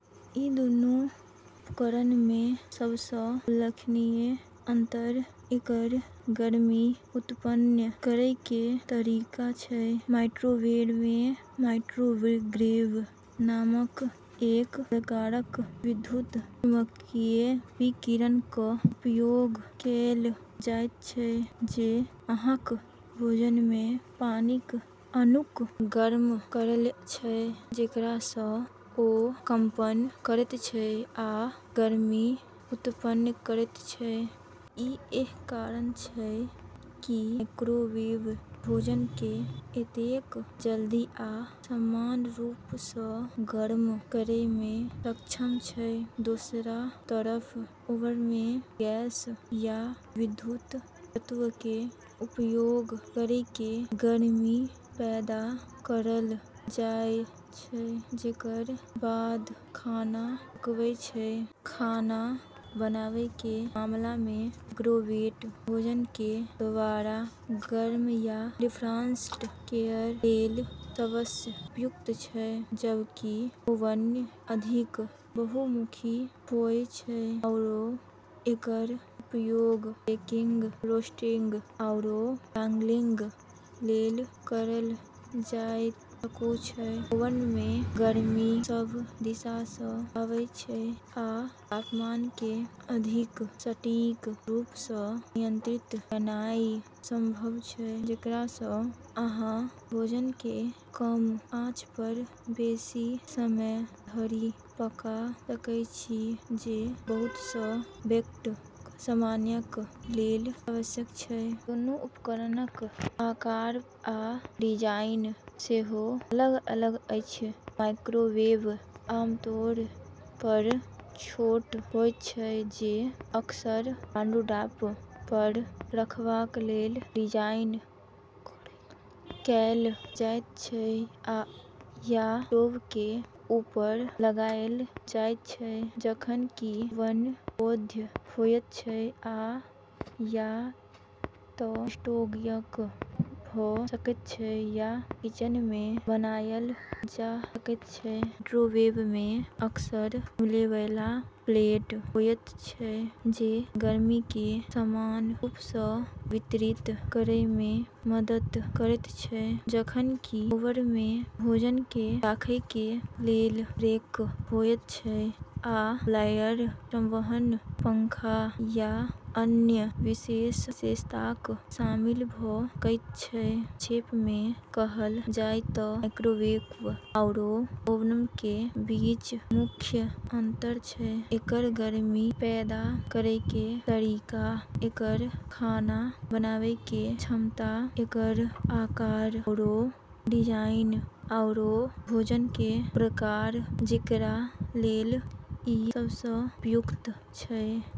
ई दूनू उपकरणमे सबसँ उल्लेखनीय अंतर एकर गर्मी उत्पन्न करैके तरीका छै। माइक्रोवेवमे माइक्रोवेव नामक एक प्रकारक विद्युत चुम्बकीय विकिरणक उपयोग कैल जायत छै, जे अहाँक भोजनमे पानिक अणुक गरम करय छै, जेकरासँ ओ कंपन करैत छै आ गर्मी उत्पन्न करैत छै । इएह कारण छै कि माइक्रोवेव भोजनके एतेक जल्दी आ समान रूपसँ गरम करयमे सक्षम छै । दोसरा तरफ ओवनमे गैस या विद्युत तत्वके उपयोग करिके गर्मी पैदा करल जाय छै, जेकर बाद खाना पकबै छै। खाना बनाबैके मामलामे माइक्रोवेव भोजनके दोबारा गरम या डिफ्रॉस्ट करै लेल सबसँ उपयुक्त छै, जबकि ओवन अधिक बहुमुखी होय छै आओर एकर उपयोग बेकिंग, रोस्टिंग, आओर ब्रॉयलिंग लेल करल जाय सकै छै। ओवनमे गर्मी सब दिशासँ आबै छै, आ तापमानके अधिक सटीक रूपसँ नियंत्रित कयनाइ संभव छै, जेकरासँ अहाँ भोजनके कम आँच पर बेसि समय धरि पका सकय छी, जे बहुतसँ बेक्ड सामानक लेल आवश्यक छै । दुनू उपकरणक आकार आ डिजाइन सेहो अलग-अलग अछि। माइक्रोवेव आमतौर पर छोट होयत छै, जे अक्सर काउंटरटॉप पर रखबाक लेल डिजाइन कैल जायत छै या स्टोवकेँ ऊपर लगाएल जाइत छै, जखन कि ओवन पैघ होयत छै आ या त' फ्रीस्टैंडिंग भ' सकैत छै या किचनमे बनायल जा सकैत छै । माइक्रोवेवमे अक्सर घूमएयबला प्लेट होयत छै जे गर्मीके समान रूपसँ वितरित करयमे मदद करैत छै, जखन कि ओवनमे भोजनके राखैके लेल रैक होयत छै आ ब्रायलर, संवहन पंखा या अन्य विशेष विशेषताक शामिल भ' सकै छै। संक्षेपमे कहल जाय त' माइक्रोवेव आओर ओवनकेँ बीच मुख्य अंतर छै एकर गर्मी पैदा करैके तरीका, एकर खाना बनबैके क्षमता, एकर आकार आओर डिजाइन, आओर भोजनके प्रकार जेकरा लेल ई सबसँ उपयुक्त छै।